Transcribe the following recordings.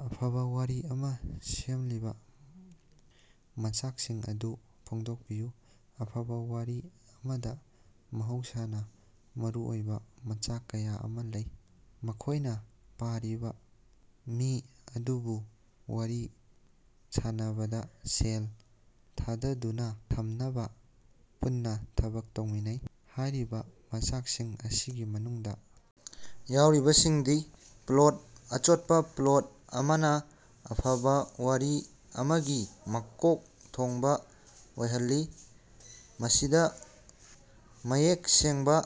ꯑꯐꯕꯥ ꯋꯥꯔꯤ ꯑꯃꯥ ꯁꯦꯝꯂꯤꯕꯥ ꯃꯆꯥꯛꯁꯤꯡ ꯑꯗꯨ ꯐꯣꯡꯗꯣꯛꯄꯤꯌꯨ꯫ ꯑꯐꯕꯥ ꯋꯥꯔꯤ ꯑꯃꯗꯥ ꯃꯍꯧꯁꯥꯅꯥ ꯃꯔꯨ ꯑꯣꯏꯕꯥ ꯃꯆꯥꯛ ꯀꯌꯥ ꯑꯃꯥ ꯂꯩ꯫ ꯃꯈꯣꯏꯅꯥ ꯄꯥꯔꯤꯕꯥ ꯃꯤ ꯑꯗꯨꯕꯨ ꯋꯥꯔꯤ ꯁꯥꯟꯅꯕꯗꯥ ꯁꯦꯜ ꯊꯥꯗꯗꯨꯅꯥ ꯊꯝꯅꯕꯥ ꯄꯨꯟꯅꯥ ꯊꯕꯛ ꯇꯧꯃꯤꯟꯅꯩ꯫ ꯍꯥꯏꯔꯤꯕꯥ ꯃꯆꯥꯛꯁꯤꯡ ꯑꯁꯤꯒꯤ ꯃꯅꯨꯡꯗꯥ ꯌꯥꯎꯔꯤꯕꯁꯤꯡꯗꯤ: ꯄ꯭ꯂꯣꯠ: ꯑꯆꯣꯠꯄꯥ ꯄ꯭ꯂꯣꯠ ꯑꯃꯅꯥ ꯑꯐꯕꯥ ꯋꯥꯔꯤ ꯑꯃꯒꯤ ꯃꯀꯣꯛ ꯊꯣꯡꯕꯥ ꯑꯣꯏꯍꯜꯂꯤ꯫ ꯃꯁꯤꯗꯥ ꯃꯌꯦꯛ ꯁꯦꯡꯕꯥ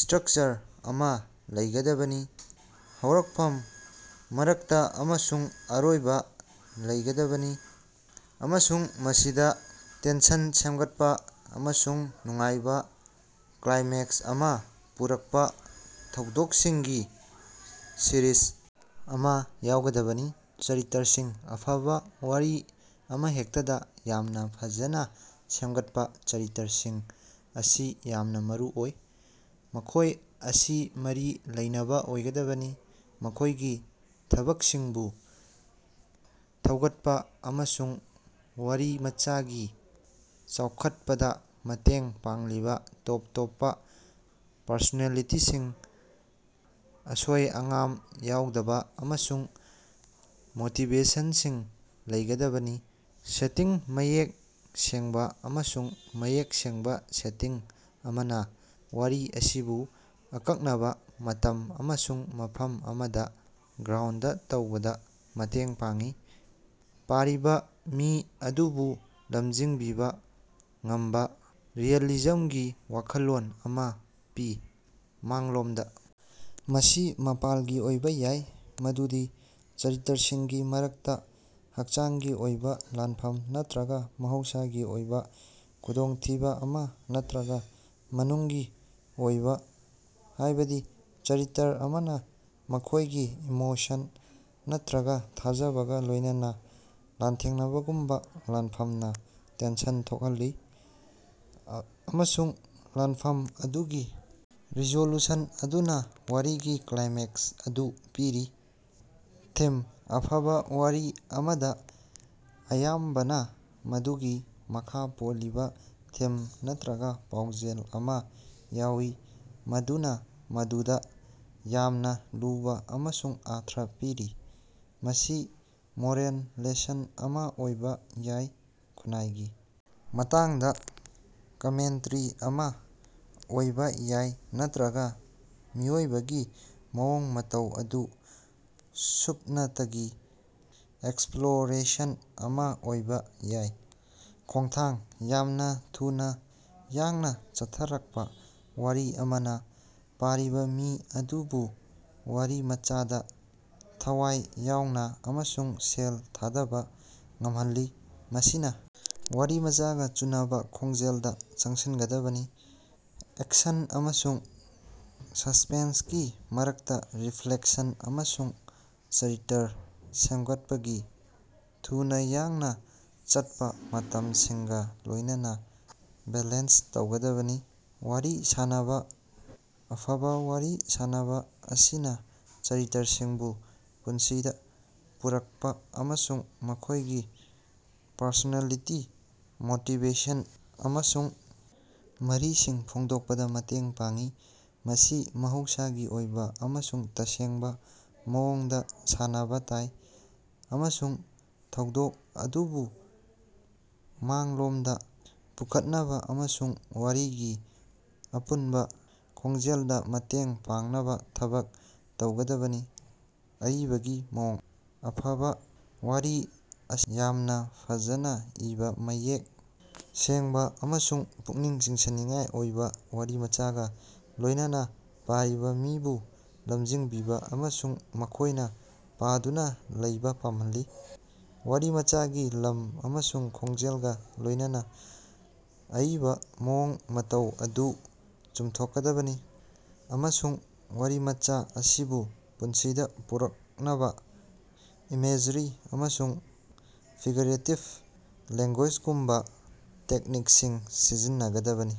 ꯁ꯭ꯇꯔꯛꯆꯔ ꯑꯃꯥ ꯂꯩꯒꯗꯕꯅꯤ꯫ ꯍꯧꯔꯛꯐꯝ ꯃꯔꯛꯇꯥ ꯑꯃꯁꯨꯡ ꯑꯔꯣꯏꯕꯥ ꯂꯩꯒꯗꯕꯅꯤ꯫ ꯑꯃꯁꯨꯡ ꯃꯁꯤꯗꯥ ꯇꯦꯟꯁꯟ ꯁꯦꯝꯒꯠꯄꯥ ꯑꯃꯁꯨꯡ ꯅꯨꯡꯉꯥꯏꯕꯥ ꯀ꯭ꯂꯥꯏꯃꯦꯛꯁ ꯑꯃꯥ ꯄꯨꯔꯛꯄꯥ ꯊꯧꯗꯣꯛꯁꯤꯡꯒꯤ ꯁꯤꯔꯤꯖ ꯑꯃꯥ ꯌꯥꯎꯒꯗꯕꯅꯤ꯫ ꯆꯔꯤꯇ꯭ꯔꯁꯤꯡ: ꯑꯐꯕꯥ ꯋꯥꯔꯤ ꯑꯃꯍꯦꯛꯇꯗꯥ ꯌꯥꯝꯅꯥ ꯐꯖꯅꯥ ꯁꯦꯝꯒꯠꯄꯥ ꯆꯔꯤꯇ꯭ꯔꯁꯤꯡ ꯑꯁꯤ ꯌꯥꯝꯅꯥ ꯃꯔꯨ ꯑꯣꯏ꯫ ꯃꯈꯣꯏ ꯑꯁꯤ ꯃꯔꯤ ꯂꯩꯅꯕꯥ ꯑꯣꯏꯒꯗꯕꯅꯤ꯫ ꯃꯈꯣꯏꯒꯤ ꯊꯕꯛꯁꯤꯡꯕꯨ ꯊꯧꯒꯠꯄꯥ ꯑꯃꯁꯨꯡ ꯋꯥꯔꯤꯃꯆꯥꯒꯤ ꯆꯥꯎꯈꯠꯄꯗꯥ ꯃꯇꯦꯡ ꯄꯥꯡꯂꯤꯕꯥ ꯇꯣꯞ ꯇꯣꯞꯄꯥ ꯄꯔꯁꯣꯅꯦꯂꯤꯇꯤꯁꯤꯡ, ꯑꯁꯣꯏ-ꯑꯉꯥꯝ ꯌꯥꯎꯗꯕꯥ ꯑꯃꯁꯨꯡ ꯃꯣꯇꯤꯕꯦꯁꯟꯁꯤꯡ ꯂꯩꯒꯗꯕꯅꯤ꯫ ꯁꯦꯇꯤꯡ: ꯃꯌꯦꯛ ꯁꯦꯡꯕꯥ ꯑꯃꯁꯨꯡ ꯃꯌꯦꯛ ꯁꯦꯡꯕꯥ ꯁꯦꯇꯤꯡ ꯑꯃꯅꯥ ꯋꯥꯔꯤ ꯑꯁꯤꯕꯨ ꯑꯀꯛꯅꯕꯥ ꯃꯇꯝ ꯑꯃꯁꯨꯡ ꯃꯐꯝ ꯑꯃꯗꯥ ꯒ꯭ꯔꯥꯎꯟꯗ ꯇꯧꯕꯗꯥ ꯃꯇꯦꯡ ꯄꯥꯡꯏ꯫ ꯄꯥꯔꯤꯕꯥ ꯃꯤ ꯑꯗꯨꯕꯨ ꯂꯝꯖꯤꯡꯕꯤꯕꯥ ꯉꯝꯕꯥ ꯔꯤꯑꯦꯂꯤꯖꯝꯒꯤ ꯋꯥꯈꯜꯂꯣꯟ ꯑꯃꯥ ꯄꯤ꯫ ꯃꯥꯡꯂꯣꯝꯗ. ꯃꯁꯤ ꯃꯄꯥꯟꯒꯤ ꯑꯣꯏꯕꯥ ꯌꯥꯏ, ꯃꯗꯨꯗꯤ ꯆꯔꯤꯇ꯭ꯔꯁꯤꯡꯒꯤ ꯃꯔꯛꯇꯥ ꯍꯛꯆꯥꯡꯒꯤ ꯑꯣꯏꯕꯥ ꯂꯥꯟꯐꯝ ꯅꯠꯇ꯭ꯔꯒꯥ ꯃꯍꯧꯁꯥꯒꯤ ꯑꯣꯏꯕꯥ ꯈꯨꯗꯣꯡꯊꯤꯕꯥ ꯑꯃꯥ ꯅꯠꯇ꯭ꯔꯒꯥ ꯃꯅꯨꯡꯒꯤ ꯑꯣꯏꯕꯥ, ꯍꯥꯏꯕꯗꯤ ꯆꯔꯤꯇ꯭ꯔ ꯑꯃꯅꯥ ꯃꯈꯣꯏꯒꯤ ꯏꯃꯣꯁꯟ ꯅꯠꯇ꯭ꯔꯒꯥ ꯊꯥꯖꯕꯒꯥ ꯂꯣꯏꯅꯅꯥ ꯂꯥꯟꯊꯦꯡꯅꯕꯒꯨꯝꯕꯥ ꯂꯥꯟꯐꯝꯅꯥ ꯇꯦꯟꯁꯟ ꯊꯣꯛꯍꯜꯂꯤ꯫ ꯑꯃꯁꯨꯡ ꯂꯥꯟꯐꯝ ꯑꯗꯨꯒꯤ ꯔꯤꯖꯣꯂꯨꯁꯟ ꯑꯗꯨꯅꯥ ꯋꯥꯔꯤꯒꯤ ꯀ꯭ꯂꯥꯏꯃꯦꯛꯁ ꯑꯗꯨ ꯄꯤꯔꯤ꯫ ꯊꯤꯝ: ꯑꯐꯕꯥ ꯋꯥꯔꯤ ꯑꯃꯗꯥ ꯑꯌꯥꯝꯕꯅꯥ ꯃꯗꯨꯒꯤ ꯃꯈꯥ ꯄꯣꯜꯂꯤꯕꯥ ꯊꯤꯝ ꯅꯠꯇ꯭ꯔꯒꯥ ꯄꯥꯎꯖꯦꯜ ꯑꯃꯥ ꯌꯥꯎꯏ ꯃꯗꯨꯅꯥ ꯃꯗꯨꯗꯥ ꯌꯥꯝꯅꯥ ꯂꯨꯕꯥ ꯑꯃꯁꯨꯡ ꯑꯔꯊ ꯄꯤꯔꯤ꯫ ꯃꯁꯤ ꯃꯣꯔꯦꯜ ꯂꯦꯁꯟ ꯑꯃꯥ ꯑꯣꯏꯕꯥ ꯌꯥꯏ ꯈꯨꯟꯅꯥꯏꯒꯤ ꯃꯇꯥꯡꯗꯥ ꯀꯃꯦꯟꯇꯔꯤ ꯑꯃꯥ ꯑꯣꯏꯕꯥ ꯌꯥꯏ ꯅꯠꯇ꯭ꯔꯒꯥ ꯃꯤꯑꯣꯏꯕꯒꯤ ꯃꯑꯣꯡ ꯃꯇꯧ ꯑꯗꯨ ꯁꯨꯞꯅꯇꯒꯤ ꯑꯦꯛꯁꯞꯂꯣꯔꯦꯁꯟ ꯑꯃꯥ ꯑꯣꯏꯕꯥ ꯌꯥꯏ꯫ ꯈꯣꯡꯊꯥꯡ: ꯌꯥꯝꯅꯥ ꯊꯨꯅꯥ ꯌꯥꯡꯅꯥ ꯆꯠꯊꯔꯛꯄꯥ ꯋꯥꯔꯤ ꯑꯃꯅꯥ ꯄꯥꯔꯤꯕꯥ ꯃꯤ ꯑꯗꯨꯕꯨ ꯋꯥꯔꯤꯃꯆꯥꯗꯥ ꯊꯋꯥꯏ ꯌꯥꯎꯅꯥ ꯑꯃꯁꯨꯡ ꯁꯦꯜ ꯊꯥꯗꯕꯥ ꯉꯝꯍꯜꯂꯤ꯫ ꯃꯁꯤꯅꯥ ꯋꯥꯔꯤꯃꯆꯥꯒꯥ ꯆꯨꯅꯕꯥ ꯈꯣꯡꯖꯦꯜꯗꯥ ꯆꯪꯁꯤꯟꯒꯗꯕꯅꯤ꯫ ꯑꯦꯛꯁꯟ ꯑꯃꯁꯨꯡ ꯁꯁ꯭ꯄꯦꯟꯁꯀꯤ ꯃꯔꯛꯇꯥ ꯔꯤꯐ꯭ꯂꯦꯛꯁꯟ ꯑꯃꯁꯨꯡ ꯆꯔꯤꯇ꯭ꯔ ꯁꯦꯝꯒꯠꯄꯒꯤ ꯊꯨꯅꯥ ꯌꯥꯡꯅꯥ ꯆꯠꯄꯥ ꯃꯇꯝꯁꯤꯡꯒꯥ ꯂꯣꯏꯅꯅꯥ ꯕꯦꯂꯦꯟꯁ ꯇꯧꯒꯗꯕꯅꯤ꯫ ꯋꯥꯔꯤ ꯁꯥꯅꯕꯥ: ꯑꯐꯕꯥ ꯋꯥꯔꯤ ꯁꯥꯅꯕꯥ ꯑꯁꯤꯅꯥ ꯆꯔꯤꯇ꯭ꯔꯁꯤꯡꯕꯨ ꯄꯨꯟꯁꯤꯗꯥ ꯄꯨꯔꯛꯄꯥ ꯑꯃꯁꯨꯡ ꯃꯈꯣꯏꯒꯤ ꯄꯔꯁꯣꯅꯦꯂꯤꯇꯤ, ꯃꯣꯇꯤꯕꯦꯁꯟ, ꯑꯃꯁꯨꯡ ꯃꯔꯤꯁꯤꯡ ꯐꯣꯡꯗꯣꯛꯄꯗꯥ ꯃꯇꯦꯡ ꯄꯥꯡꯏ꯫ ꯃꯁꯤ ꯃꯍꯧꯁꯥꯒꯤ ꯑꯣꯏꯕꯥ ꯑꯃꯁꯨꯡ ꯇꯁꯦꯡꯕꯥ ꯃꯑꯣꯡꯗꯥ ꯁꯥꯅꯕꯥ ꯇꯥꯏ꯫ꯑꯃꯁꯨꯡ ꯊꯧꯗꯣꯛ ꯑꯗꯨꯕꯨ ꯃꯥꯡꯂꯣꯝꯗꯥ ꯄꯨꯈꯠꯅꯕꯥ ꯑꯃꯁꯨꯡ ꯋꯥꯔꯤꯒꯤ ꯑꯄꯨꯟꯕꯥ ꯈꯣꯟꯖꯦꯜꯗꯥ ꯃꯇꯦꯡ ꯄꯥꯡꯅꯕꯥ ꯊꯕꯛ ꯇꯧꯒꯗꯕꯅꯤ꯫ ꯑꯏꯕꯒꯤ ꯃꯑꯣꯡ: ꯑꯐꯕꯥ ꯋꯥꯔꯤ ꯑꯁꯤ ꯌꯥꯝꯅꯥ ꯐꯖꯅꯥ ꯏꯕꯥ, ꯃꯌꯦꯛ ꯁꯦꯡꯕꯥ ꯑꯃꯁꯨꯡ ꯄꯨꯛꯅꯤꯡ ꯆꯤꯡꯁꯤꯟꯅꯤꯡꯉꯥꯏ ꯑꯣꯏꯕꯥ ꯋꯥꯔꯤꯃꯆꯥꯒꯥ ꯂꯣꯏꯅꯅꯥ ꯄꯥꯔꯤꯕꯥ ꯃꯤꯕꯨ ꯂꯝꯖꯤꯡꯕꯤꯕꯥ ꯑꯃꯁꯨꯡ ꯃꯈꯣꯏꯅꯥ ꯄꯥꯗꯨꯅꯥ ꯂꯩꯕꯥ ꯄꯥꯝꯍꯜꯂꯤ꯫ ꯋꯥꯔꯤꯃꯆꯥꯒꯤ ꯂꯝ ꯑꯃꯁꯨꯡ ꯈꯣꯟꯖꯦꯜꯒꯥ ꯂꯣꯏꯅꯅꯥ ꯑꯏꯕꯥ ꯃꯑꯣꯡ ꯃꯇꯧ ꯑꯗꯨ ꯆꯨꯝꯊꯣꯛꯀꯗꯕꯅꯤ꯫ ꯑꯃꯁꯨꯡ ꯋꯥꯔꯤꯃꯆꯥ ꯑꯁꯤꯕꯨ ꯄꯨꯟꯁꯤꯗꯥ ꯄꯨꯔꯛꯅꯕꯥ ꯏꯃꯦꯖꯔꯤ ꯑꯃꯁꯨꯡ ꯐꯤꯒꯔꯦꯇꯤꯚ ꯂꯦꯉ꯭ꯒꯨꯌꯦꯖꯒꯨꯝꯕꯥ ꯇꯦꯛꯅꯤꯛꯁꯤꯡ ꯁꯤꯖꯤꯟꯅꯒꯗꯕꯅꯤ꯫